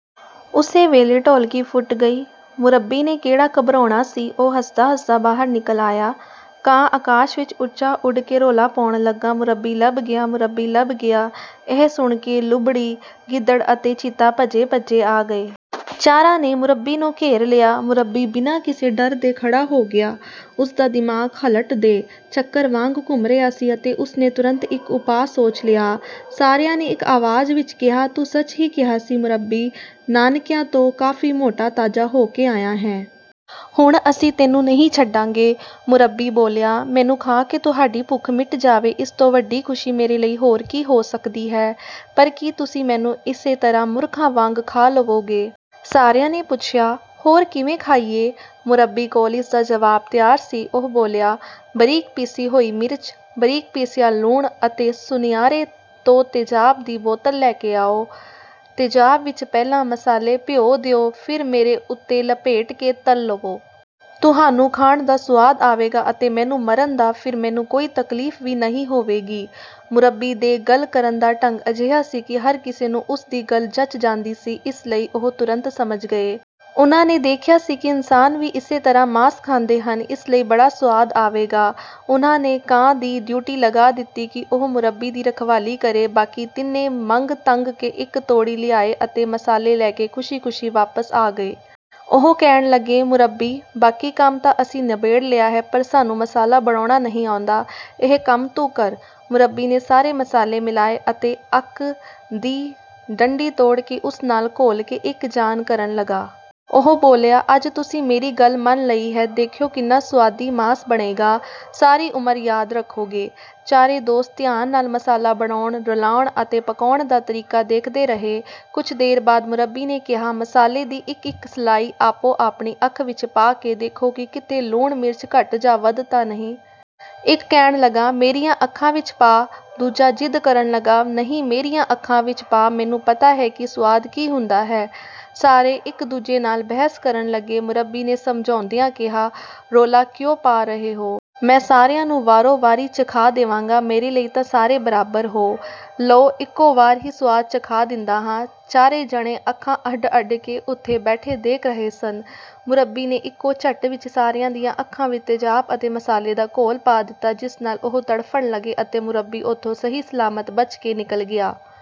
ਉਸੇ ਵੇਲੇ ਢੋਲਕੀ ਫੁੱਟ ਗਈ। ਮੁਰੱਬੀ ਨੇ ਕਿਹੜਾ ਘਬਰਾਉਣਾ ਸੀ, ਉਹ ਹੱਸਦਾ-ਹੱਸਦਾ ਬਾਹਰ ਨਿਕਲ ਆਇਆ। ਕਾਂ ਆਕਾਸ਼ ਵਿੱਚ ਉੱਚਾ ਉੱਡ ਕੇ ਰੌਲਾ ਪਾਉਣ ਲੱਗਾ, "ਮੁਰੱਬੀ ਲੱਭ ਗਿਆ, ਮੁਰੱਬੀ ਲੱਭ ਗਿਆ!" ਇਹ ਸੁਣ ਕੇ ਲੂੰਬੜੀ, ਗਿੱਦੜ ਅਤੇ ਚੀਤਾ ਭੱਜੇ-ਭੱਜੇ ਆ ਗਏ। ਚਾਰਾਂ ਨੇ ਮੁਰੱਬੀ ਨੂੰ ਘੇਰ ਲਿਆ। ਮੁਰੱਬੀ ਬਿਨਾਂ ਕਿਸੇ ਡਰ ਦੇ ਖੜ੍ਹਾ ਹੋ ਗਿਆ। ਉਸ ਦਾ ਦਿਮਾਗ ਹਲਟ ਦੇ ਚੱਕਰ ਵਾਂਗ ਘੁੰਮ ਰਿਹਾ ਸੀ ਅਤੇ ਉਸ ਨੇ ਤੁਰੰਤ ਇੱਕ ਉਪਾਅ ਸੋਚ ਲਿਆ। ਸਾਰਿਆਂ ਨੇ ਇੱਕ ਆਵਾਜ਼ ਵਿੱਚ ਕਿਹਾ, "ਤੂੰ ਸੱਚ ਹੀ ਕਿਹਾ ਸੀ ਮੁਰੱਬੀ, ਨਾਨਕਿਆਂ ਤੋਂ ਕਾਫ਼ੀ ਮੋਟਾ-ਤਾਜ਼ਾ ਹੋ ਕੇ ਆਇਆ ਹੈਂ। ਹੁਣ ਅਸੀਂ ਤੈਨੂੰ ਨਹੀਂ ਛੱਡਾਂਗੇ।" ਮੁਰੱਬੀ ਬੋਲਿਆ, "ਮੈਨੂੰ ਖਾ ਕੇ ਤੁਹਾਡੀ ਭੁੱਖ ਮਿਟ ਜਾਵੇ, ਇਸ ਤੋਂ ਵੱਡੀ ਖ਼ੁਸ਼ੀ ਮੇਰੇ ਲਈ ਹੋਰ ਕੀ ਹੋ ਸਕਦੀ ਹੈ! ਪਰ ਕੀ ਤੁਸੀਂ ਮੈਨੂੰ ਇਸੇ ਤਰ੍ਹਾਂ ਮੂਰਖਾਂ ਵਾਂਗ ਖਾ ਲਵੋਗੇ?" ਸਾਰਿਆਂ ਨੇ ਪੁੱਛਿਆ, "ਹੋਰ ਕਿਵੇਂ ਖਾਈਏ?" ਮੁਰੱਬੀ ਕੋਲ ਇਸ ਦਾ ਜਵਾਬ ਤਿਆਰ ਸੀ। ਉਹ ਬੋਲਿਆ, "ਬਰੀਕ ਪੀਸੀ ਹੋਈ ਮਿਰਚ, ਬਰੀਕ ਪੀਸਿਆ ਲੂਣ ਅਤੇ ਸੁਨਿਆਰੇ ਤੋਂ ਤੇਜ਼ਾਬ ਦੀ ਬੋਤਲ ਲੈ ਕੇ ਆਓ। ਤੇਜ਼ਾਬ ਵਿੱਚ ਪਹਿਲਾਂ ਮਸਾਲੇ ਭਿਓਂ ਦਿਓ, ਫਿਰ ਮੇਰੇ ਉੱਤੇ ਲਪੇਟ ਕੇ ਤਲ ਲਵੋ। ਤੁਹਾਨੂੰ ਖਾਣ ਦਾ ਸੁਆਦ ਆਵੇਗਾ ਅਤੇ ਮੈਨੂੰ ਮਰਨ ਦਾ, ਫਿਰ ਮੈਨੂੰ ਕੋਈ ਤਕਲੀਫ਼ ਵੀ ਨਹੀਂ ਹੋਵੇਗੀ।" ਮੁਰੱਬੀ ਦੇ ਗੱਲ ਕਰਨ ਦਾ ਢੰਗ ਅਜਿਹਾ ਸੀ ਕਿ ਹਰ ਕਿਸੇ ਨੂੰ ਉਸ ਦੀ ਗੱਲ ਜਚ ਜਾਂਦੀ ਸੀ, ਇਸ ਲਈ ਉਹ ਤੁਰੰਤ ਸਮਝ ਗਏ। ਉਨ੍ਹਾਂ ਨੇ ਦੇਖਿਆ ਸੀ ਕਿ ਇਨਸਾਨ ਵੀ ਇਸੇ ਤਰ੍ਹਾਂ ਮਾਸ ਖਾਂਦੇ ਹਨ, ਇਸ ਲਈ ਬੜਾ ਸੁਆਦ ਆਵੇਗਾ। ਉਨ੍ਹਾਂ ਨੇ ਕਾਂ ਦੀ ਡਿਊਟੀ ਲਗਾ ਦਿੱਤੀ ਕਿ ਉਹ ਮੁਰੱਬੀ ਦੀ ਰਖਵਾਲੀ ਕਰੇ। ਬਾਕੀ ਤਿੰਨੇ ਮੰਗ-ਤੰਗ ਕੇ ਇੱਕ ਤੌੜੀ ਲਿਆਏ ਅਤੇ ਮਸਾਲੇ ਲੈ ਕੇ ਖ਼ੁਸ਼ੀ-ਖ਼ੁਸ਼ੀ ਵਾਪਸ ਆ ਗਏ। ਉਹ ਕਹਿਣ ਲੱਗੇ, "ਮੁਰੱਬੀ, ਬਾਕੀ ਕੰਮ ਤਾਂ ਅਸੀਂ ਨਬੇੜ ਲਿਆ ਹੈ ਪਰ ਸਾਨੂੰ ਮਸਾਲਾ ਬਣਾਉਣਾ ਨਹੀਂ ਆਉਂਦਾ, ਇਹ ਕੰਮ ਤੂੰ ਕਰ।" ਮੁਰੱਬੀ ਨੇ ਸਾਰੇ ਮਸਾਲੇ ਮਿਲਾਏ ਅਤੇ ਅੱਕ ਦੀ ਡੰਡੀ ਤੋੜ ਕੇ ਉਸ ਨਾਲ ਘੋਲ ਕੇ ਇੱਕ-ਜਾਨ ਕਰਨ ਲੱਗਾ। ਉਹ ਬੋਲਿਆ, "ਅੱਜ ਤੁਸੀਂ ਮੇਰੀ ਗੱਲ ਮੰਨ ਲਈ ਹੈ, ਦੇਖਿਓ ਕਿੰਨਾ ਸੁਆਦੀ ਮਾਸ ਬਣੇਗਾ, ਸਾਰੀ ਉਮਰ ਯਾਦ ਰੱਖੋਗੇ।" ਚਾਰੇ ਦੋਸਤ ਧਿਆਨ ਨਾਲ ਮਸਾਲਾ ਬਣਾਉਣ, ਰਲਾਉਣ ਅਤੇ ਪਕਾਉਣ ਦਾ ਤਰੀਕਾ ਦੇਖਦੇ ਰਹੇ। ਕੁਝ ਦੇਰ ਬਾਅਦ ਮੁਰੱਬੀ ਨੇ ਕਿਹਾ, "ਮਸਾਲੇ ਦੀ ਇੱਕ-ਇੱਕ ਸਲਾਈ ਆਪੋ-ਆਪਣੀ ਅੱਖ ਵਿੱਚ ਪਾ ਕੇ ਦੇਖੋ ਕਿ ਕਿਤੇ ਲੂਣ-ਮਿਰਚ ਘੱਟ ਜਾਂ ਵੱਧ ਤਾਂ ਨਹੀਂ?" ਇੱਕ ਕਹਿਣ ਲੱਗਾ, "ਮੇਰੀਆਂ ਅੱਖਾਂ ਵਿੱਚ ਪਾ", ਦੂਜਾ ਜ਼ਿੱਦ ਕਰਨ ਲੱਗਾ, "ਨਹੀਂ, ਮੇਰੀਆਂ ਅੱਖਾਂ ਵਿੱਚ ਪਾ, ਮੈਨੂੰ ਪਤਾ ਹੈ ਕਿ ਸੁਆਦ ਕੀ ਹੁੰਦਾ ਹੈ।" ਸਾਰੇ ਇੱਕ-ਦੂਜੇ ਨਾਲ ਬਹਿਸ ਕਰਨ ਲੱਗੇ। ਮੁਰੱਬੀ ਨੇ ਸਮਝਾਉਂਦਿਆਂ ਕਿਹਾ, "ਰੌਲਾ ਕਿਉਂ ਪਾ ਰਹੇ ਹੋ? ਮੈਂ ਸਾਰਿਆਂ ਨੂੰ ਵਾਰੋ-ਵਾਰੀ ਚਖਾ ਦੇਵਾਂਗਾ। ਮੇਰੇ ਲਈ ਤਾਂ ਸਾਰੇ ਬਰਾਬਰ ਹੋ। ਲਓ, ਇੱਕੋ ਵਾਰ ਹੀ ਸੁਆਦ ਚਖਾ ਦਿੰਦਾ ਹਾਂ।" ਚਾਰੇ ਜਣੇ ਅੱਖਾਂ ਅੱਡ-ਅੱਡ ਕੇ ਉੱਥੇ ਬੈਠੇ ਦੇਖ ਰਹੇ ਸਨ। ਮੁਰੱਬੀ ਨੇ ਇੱਕੋ ਝੱਟ ਵਿੱਚ ਸਾਰਿਆਂ ਦੀਆਂ ਅੱਖਾਂ ਵਿੱਚ ਤੇਜ਼ਾਬ ਅਤੇ ਮਸਾਲੇ ਦਾ ਘੋਲ ਪਾ ਦਿੱਤਾ, ਜਿਸ ਨਾਲ ਉਹ ਤੜਫਣ ਲੱਗੇ ਅਤੇ ਮੁਰੱਬੀ ਉੱਥੋਂ ਸਹੀ-ਸਲਾਮਤ ਬਚ ਕੇ ਨਿਕਲ ਗਿਆ।